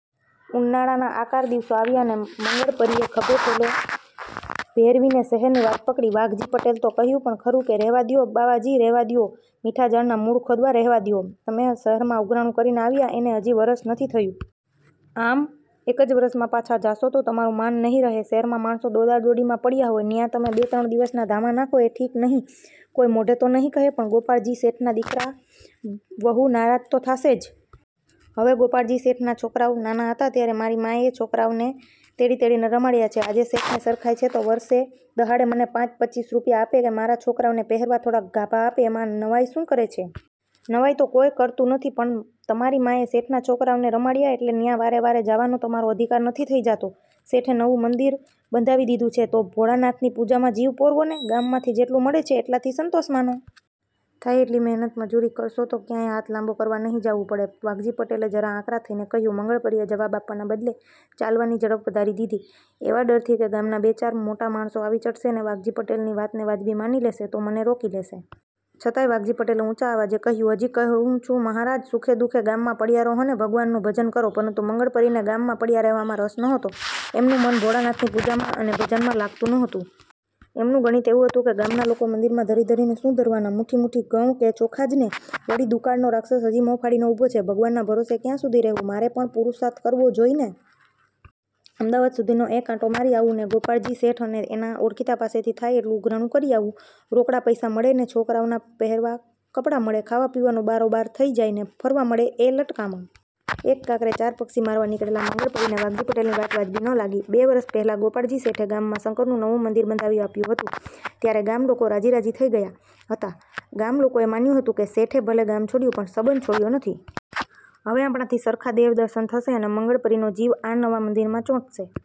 ઉનાળાના આકાર દિવસો આવ્યા ને મંગળપરીએ ખંભે થેલો ભેરવીને શહેરની વાટ પકડી. વાઘજી પટેલે તો કહ્યું પણ ખરું કે, "રહેવા દ્યો બાવાજી, રહેવા દ્યો. મીઠાં ઝાડનાં મૂળ ખોદવાં રહેવા દ્યો. તમે શહેરમાં ઉઘરાણું કરીને આવ્યા, એને હજી વરસ નથી થયું. આમ એક જ વરસમાં પાછા જાશો તો તમારું માન નહિ રહે. શહેરમાં માણસો દોડાદોડીમાં પડ્યા હોય, ન્યાં તમે બે-ત્રણ દિવસના ધામા નાખો એ ઠીક નહિ. કોઈ મોઢેં તો નહિ કહે, પણ ગોપાળજી શેઠના દીકરા વહુ નારાજ તો થાશે જ." "હવે, ગોપાળજી શેઠના છોકરાવ નાના હતા ત્યારે મારી માએ એ છોકરાવને તેડી-તેડીને રમાડ્યા છે. આજે શેઠને સરખાઈ છે, તો વરસે દહાડે મને પાંચ-પચીસ રૂપિયા આપે, કે મારા છોકરાવને પહેરવા થોડાક ગાભા આપે, એમાં નવાઈ શું કરે છે?" "નવાઈ તો કોઈ કરતું નથી, પણ તમારી માએ શેઠના છોકરાવને રમાડ્યા એટલે ન્યાં વારે-વારે જાવાનો તમારો અધિકાર નથી થઈ જાતો. શેઠે નવું મંદિર બંધાવી દીધું છે, તો ભોળાનાથની પૂજામાં જીવ પરોવો ને. ગામમાંથી જેટલું મળે છે, એટલાથી સંતોષ માનો. થાય એટલી મહેનત મજૂરી કરશો તો ક્યાંય હાથ લાંબો કરવા નહિ જાવું પડે." વાઘજી પટેલે જરા આકરા થઈને કહ્યું. મંગળપરીએ જવાબ આપવાના બદલે ચાલવાની ઝડપ વધારી દીધી, એવા ડરથી કે ગામના બે-ચાર મોટા માણસો આવી ચડશે ને વાઘજી પટેલની વાતને વાજબી માની લેશે, તો મને રોકી લેશે. છતાંય વાઘજી પટેલે ઊંચા અવાજે કહ્યું, "હજી કહું છું મહારાજ, સુખે દુઃખે ગામમાં પડ્યા રહો ને ભગવાનનું ભજન કરો." પરંતુ મંગળપરીને ગામમાં પડ્યા રહેવામાં રસ નહોતો. એમનું મન ભોળાનાથની પૂજામાં અને ભજનમાં લાગતું નહોતું. એમનું ગણિત એવું હતું કે, "ગામના લોકો મંદિરમાં ધરી-ધરીને શું ધરવાના? મૂઠી-મૂઠી ઘઉં કે ચોખા જ ને? વળી, દુકાળનો રાક્ષસ હજી મોં ફાડીને ઊભો છે. ભગવાનના ભરોસે ક્યાં સુધી રહેવું? મારે પણ પુરુષાર્થ કરવો જોઈને? અમદાવાદ સુધીનો એક આંટો મારી આવું, ને ગોપાળજી શેઠ અને એના ઓળખીતા પાસેથી થાય એટલું ઉઘરાણું કરી આવું. રોકડા પૈસા મળે ને છોકરાવના પહેરવા કપડાં મળે, ખાવા-પીવાનું બારોબાર થઈ જાય, ને ફરવા મળે એ લટકામાં." એક કાંકરે ચાર પક્ષી મારવા નીકળેલા મંગળપરીને વાઘજી પટેલની વાત વાજબી ન લાગી. બે વરસ પહેલાં ગોપાળજી શેઠે ગામમાં શંકરનું નવું મંદિર બંધાવી આપ્યું હતું. ત્યારે ગામ લોકો રાજી-રાજી થઈ ગયા હતા. ગામલોકોએ માન્યું હતું કે, "શેઠે ભલે ગામ છોડ્યું, પણ સંબંધ છોડ્યો નથી. હવે આપણાથી સરખાં દેવદર્શન થશે અને મંગળપરીનો જીવ આ નવા મંદિરમાં ચોંટશે.